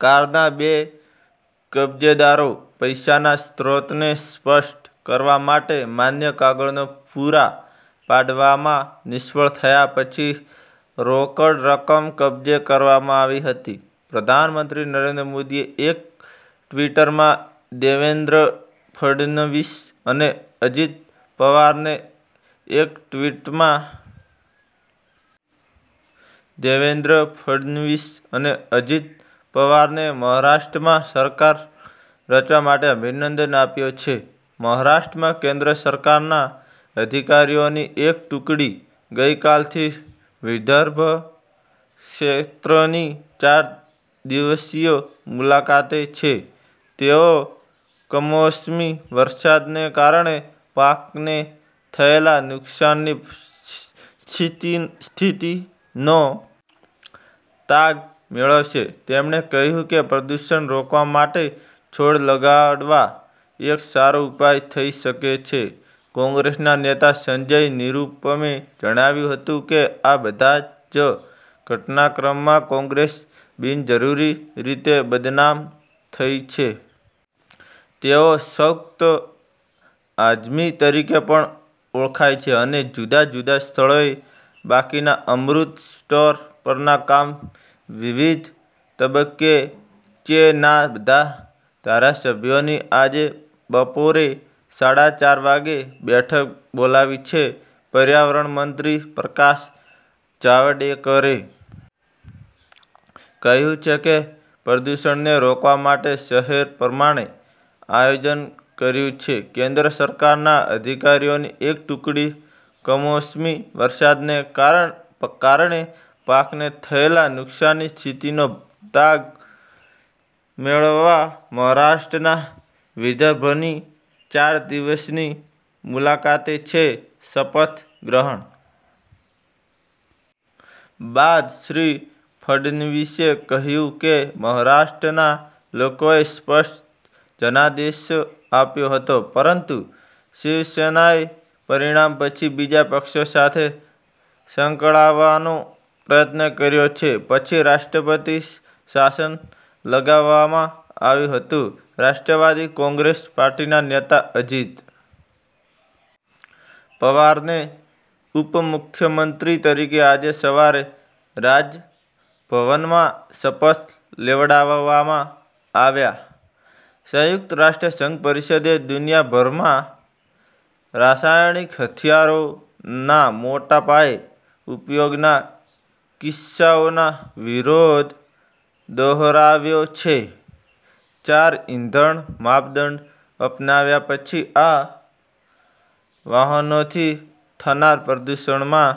કારના બે કબજેદારો પૈસાના સ્ત્રોતને સ્પષ્ટ કરવા માટે માન્ય કાગળો પૂરા પાડવામાં નિષ્ફળ થયા પછી રોકડ રકમ કબજે કરવામાં આવી હતી પ્રધાનમંત્રી નરેન્દ્ર મોદીએ એક ટવીટમાં દેવેન્દ્ર ફડનવીસ અને અજીત પવારને એક ટવીટમાં દેવેન્દ્ર ફડનવીસ અને અજીત પવારને મહારાષ્ટ્રમાં સરકાર રચવા માટે અભિનંદન આપ્યા છે મહારાષ્ટ્રમાં કેન્દ્ર સરકારના અધિકારીઓની એક ટુકડી ગઇકાલથી વિદર્ભ ક્ષેત્રની ચાર દિવસીય મુલાકાતે છે તેઓ કમોસમી વરસાદને કારણે પાકને થયેલા નુકસાનની સ્થિતિનો તાગ મેળવશે તેમણે કહ્યું કે પ્રદૂષણ રોકવા માટે છોડ લગાડવા એક સારો ઉપાય થઈ શકે છે કોંગ્રેસના નેતા સંજય નિરૂપમે જણાવ્યું હતું કે આ બધા જ ઘટનાક્રમમાં કોંગ્રેસ બિનજરૂરી રીતે બદનામ થઇ છે તેઓ શૌકત આઝમી તરીકે પણ ઓળખાય છે અને જુદા જુદા સ્થળોએ બાકીના અમૃત સ્ટોર પરના કામ વિવિધ તબક્કે ચે ના બધા ધારાસભ્યોની આજે બપોરે સાડા ચાર વાગે બેઠક બોલાવી છે પર્યાવરણમંત્રી પ્રકાશ જાવડેકરે કહ્યું છે કે પ્રદૂષણને રોકવા માટે શહેર પ્રમાણે આયોજન કર્યું છે કેન્દ્ર સરકારના અધિકારીઓની એક ટુકડી કમોસમી વરસાદને કારણે પાકને થયેલા નુકશાનની સ્થિતિનો તાગ મેળવવા મહારાષ્ટ્રના વિદર્ભની ચાર દિવસની મુલાકાતે છે શપથ ગ્રહણ બાદ શ્રી ફડનવીસે કહયું કે મહારાષ્ટ્રના લોકોએ સ્પષ્ટ જનાદેશ આપ્યો હતો પરંતુ શિવસેનાએ પરીણામ પછી બીજા પક્ષો સાથે સંકળાવાનો પ્રયત્ન કર્યો જે પછી રાષ્ટ્રપતિ શાસન લગાવવામાં આવ્યું હતું રાષ્ટ્રવાદી કોગ્રેસ પાર્ટીના નેતા અજીત પવારને ઉપમુખ્યમંત્રી તરીકે આજે સવારે રાજભવનમાં શપથ લેવડાવવામાં આવ્યા સંયુકત રાષ્ટ્ર સંઘ પરીષદે દુનિયાભરમાં રાસાયણિક હથિયારો ના મોટા પાયે ઉપયોગના કિસ્સાઓના વિરોધ દોહરાવ્યો છે ચાર ઈંધણ માપદંડ અપનાવ્યા પછી આ વાહનોથી થનારા પ્રદૂષણમાં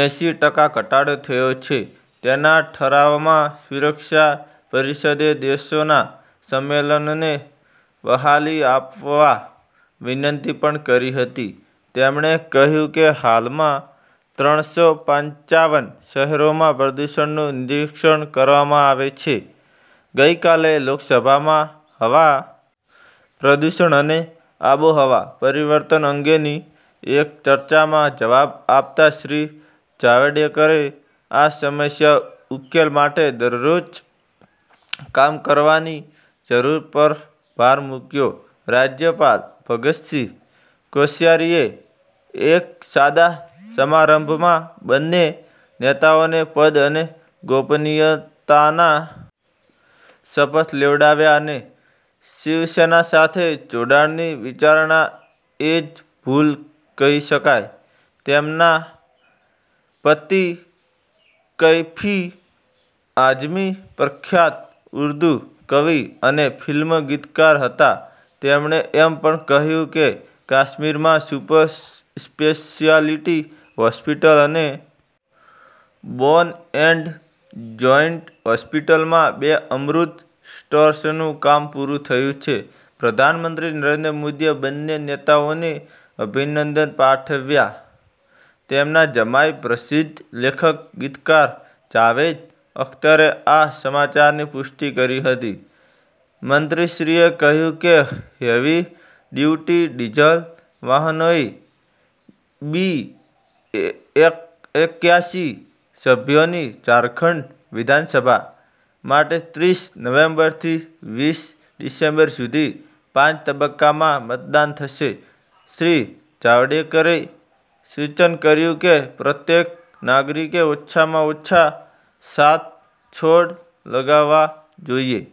એંસી ટકા ઘટાડો થયો છે તેના ઠરાવમાં સુરક્ષા પરીષદે દેશોના સંમેલનને બહાલી આપવા વિનંતી પણ કરી હતી તેમણે કહ્યું કે હાલમાં ત્રણ સો પંચાવન શહેરોમાં પ્રદૂષણનું નિરીક્ષણ કરવામાં આવે છે ગઈકાલે લોકસભામાં હવા પ્રદૂષણ અને આબોહવા પરિવર્તન અંગેની એક ચર્ચામાં જવાબ આપતા શ્રી જાવડેકરે આ સમસ્યા ઉકેલ માટે દરરોજ કામ કરવાની જરૂર પર ભાર મૂક્યો રાજયપાલ ભગતસિંહ કોશિયારીએ એક સાદા સમારંભમાં બંને નેતાઓને પદ અને ગોપનીયતાના શપથ લેવડાવ્યા અને શિવસેના સાથે જોડાણની વિચારણા એ જ ભુલ કહી શકાય તેમના પતિ કૈફી આઝમી પ્રખ્યાત ઉર્દુ કવિ અને ફિલ્મ ગીતકાર હતા તેમણે એમ પણ કહ્યું કે કાશ્મીરમાં સુપર સ્પેશિયાલીટી હોસ્પિટલ અને બોન એન્ડ જોઇન્ટ હોસ્પિટલમાં બે અમૃત સ્ટોર્સનું કામ પુરુ થયું છે પ્રધાનમંત્રી નરેન્દ્ર મોદીએ બંને નેતાઓને અભિનંદન પાઠવ્યા તેમના જમાઇ પ્રસિધ્ધ લેખક ગીતકાર જાવેદ અખતરે આ સમાચારની પુષ્ટી કરી હતી મંત્રીશ્રીએ કહ્યું કે હેવી ડ્યુટી ડીઝલ વાહનોએ બી એક્યાસી સભ્યોની ઝારખંડ વિધાનસભા માટે ત્રીસ નવેમ્બરથી વીસ ડિસેમ્બર સુધી પાંચ તબકકામાં મતદાન થશે શ્રી જાવડેકરે સૂચન કર્યું કે પ્રત્યેક નાગરીકે ઓછામાં ઓછા સાત છોડ લગાવવા જોઈએ।